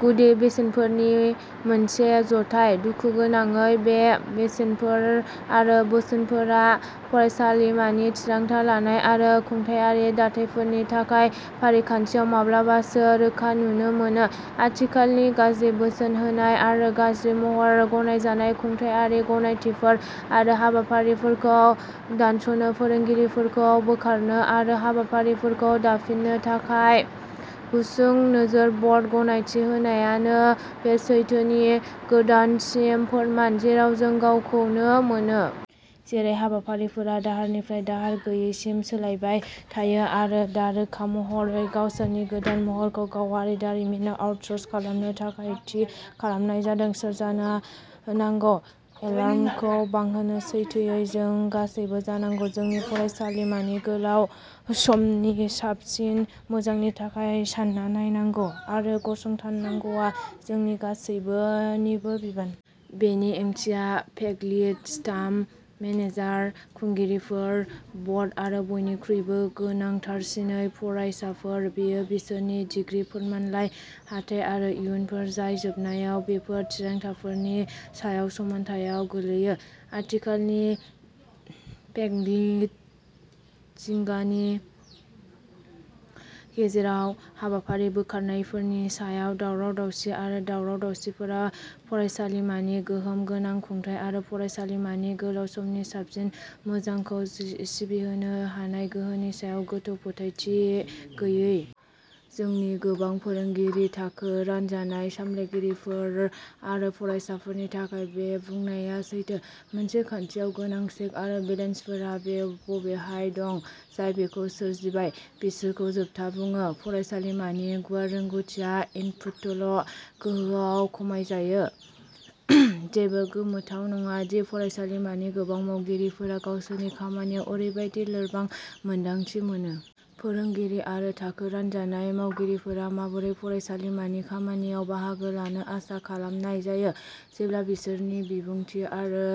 गुदि बेसेनफोरनि मोनसे जथाय। दुखुगोनाङै बे बेसेनफोर आरो बोसोनफोरा फरायसालिमानि थिरांथा लानाय आरो खुंथायारि दाथायफोरनि थाखाय फारिखान्थियाव माब्लाबासो रोखा नुनो मोनो। आथिखालनि गाज्रि बोसोन होनाय आरो गाज्रि महरै गनायजानाय खुंथायारि गनायथिफोर आरो हाबाफारिफोरखौ दानस'नो, फोरोंगिरिफोरखौ बोखारनो आरो हाबाफारिफोरखौ दाफिननो थाखाय गुसुं नोजोर बर्ड गनायथि होनायानो बे सैथोथिनि गोदानसिन फोरमान जेराव जों गावखौनो मोनो। जेरै हाबाफारिफोरा दाहारनिफ्राय दाहार गैयैसिम सोलायबाय थायो, आरो दा रोखा महरै गावसोरनि गोदान महरखौ गावारि दारिमिनाव आउटस'र्स खालामनो थाखाय थि खालामनाय जादों, सोर जानो नांगौ एलार्मखौ बांहोनो सैथोयै, जों गासैबो जानांगौ। जोंनि फरायसालिमानि गोलाव समनि साबसिन मोजांनि थाखाय सानना नायनांगौ आरो गसंथानांगौआ जोंनि गासैनिबो बिबान। बेनि ओंथिया फेकल्टि, स्टाफ, मेनेजार, खुंगिरिफोर, बर्ड आरो, बयनिख्रुइबो गोनांथारसिनै, फरायसाफोर। बेयो बिसोरनि डिग्री, फोरमानलाइ, हाथाइ आरो इयुनफोर जाय जोबनायाव बेफोर थिरांथाफोरनि सायाव समान्थायाव गोलैयो। आथिखालनि फेकल्टि जिंगानि गेजेराव। हाबाफारि बोखारनायफोरनि सायाव दावराव-दावसि आरो दावराव-दावसिफोरा फरायसालिमानि गोहोम गोनां खुंथाय आरो फरायसालिमानि गोलाव समनि साबसिन मोजांखौ सि-सिबिहोनो हानाय गोहोनि सायाव गोथौ फोथायथि गैयै। जोंनि गोबां फोरोंगिरि, थाखो रानजानाय, सामलायगिरिफोर आरो फरायसाफोरनि थाखाय, बे बुंनाया सैथो। मोनसे खान्थियाव गोनां चेक आरो बेलेन्सफोरा बबेहाय दं, जाय बेखौ सोरजिबाय बिसोरखौ जोबथा बुङो फरायसालिमानि गुवार रोंग'थिआ इनपुटल' गोहोआव खमायजायो। जेबो गोमोथाव नङा दि फरायसालिमानि गोबां मावगिरिफोरा गावसोरनि खामानियाव ओरैबादि लोरबां मोन्दांथि मोनो। फोरोंगिरि आरो थाखो रानजानाय मावगिरिफोरा माबोरै फरायसालिमानि खामानियाव बाहागो लानो आसा खालामनाय जायो, जेब्ला बिसोरनि बिबुंथि आरो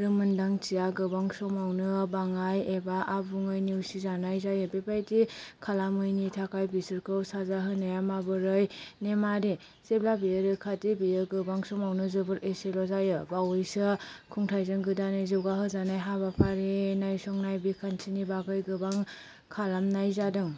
रोंमोनदांथिया गोबां समावनो बाङाइ एबा आबुङै नेवसिनाय जायो बेबादि खालामैनि थाखाय बिसोरखौ साजा होनाया माबोरै नेमआरि, जेब्ला बेयो रोखा दि बेयो गोबां समावनो जोबोद एसेल' जायो बावैसो खुंथायजों गोदानै जौगाहोजानाय हाबाफारि नायसंनाय बिखान्थिनि बागै गोबां खालामनाय जादों।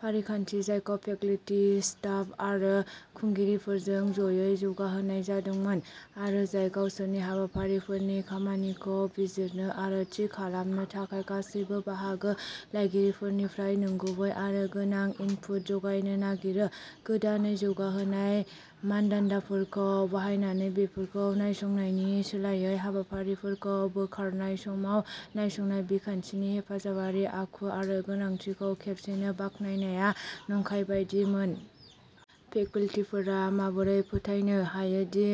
फारिखान्थि जायखौ फेकल्टी, स्टाफ आरो खुंगिरिफोरजों ज'यै जौगाहोनाय जादोंमोन आरो जाय गावसोरनि हाबाफारिफोरनि खामानिखौ बिजिरनो आरो थि खालामनो थाखाय गासैबो बाहागो लागिरिफोरनिफ्राय नंगुबै आरो गोनां इनपुट जगायनो नागिरो। गोदानै जौगाहोनाय मानदान्दाफोरखौ बाहायनानै बेफोरखौ नायसंनायनि सोलायै हाबाफारिफोरखौ बोखारनाय समाव नायसंनाय बिखान्थिनि हेफाजाबारि आखु आरो गोनांथिखौ खेबसेनो बाख्नायनाया नंखाय बायदि मोनो। फेकल्टीफोरा माबोरै फोथायनो हायो दि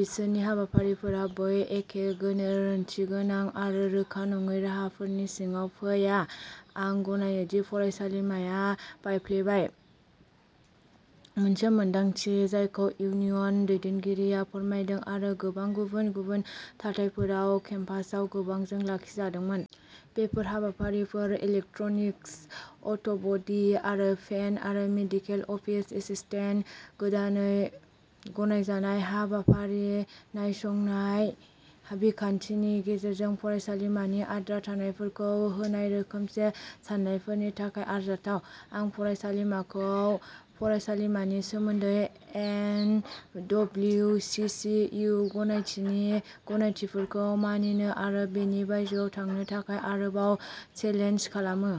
बिसोरनि हाबाफारिफोरा बै एखे गोरोन्थिगोनां आरो रोखा नङै राहाफोरनि सिङाव फैया आं गनायो दि फरायसालिमाया बायफ्लेबाय, मोनसे मोनदांथि जायखौ इउनियन दैदेनगिरिया फोरमायदोंमोन आरो गोबां गुबुन गुबुन थाथायफोराव केम्पासआव गोबांजों लाखिजादोंमोन। बेफोर हाबाफारिफोर इलेक्ट्रनिक्स, अट'बडी आरो पेन्ट आरो मेडिकेल अफिस एसिस्टेन्ट, गोदानै गनायजानाय हाबाफारि नायसंनाय बिखान्थिनि गेजेरजों फरायसालिमानि आद्रा थानायफोरखौ होनाय रोखोमसे साननायफोरनि थाखाय आरजाथाव। आं फरायसालिमाखौ फरायसालिमानि सोमोन्दै N W C C U गनायथिनि गनायथिफोरखौ मानिनो आरो बेनि बायजोआव थांनो थाखाय आरोबाव चेलेन्ज खालामो।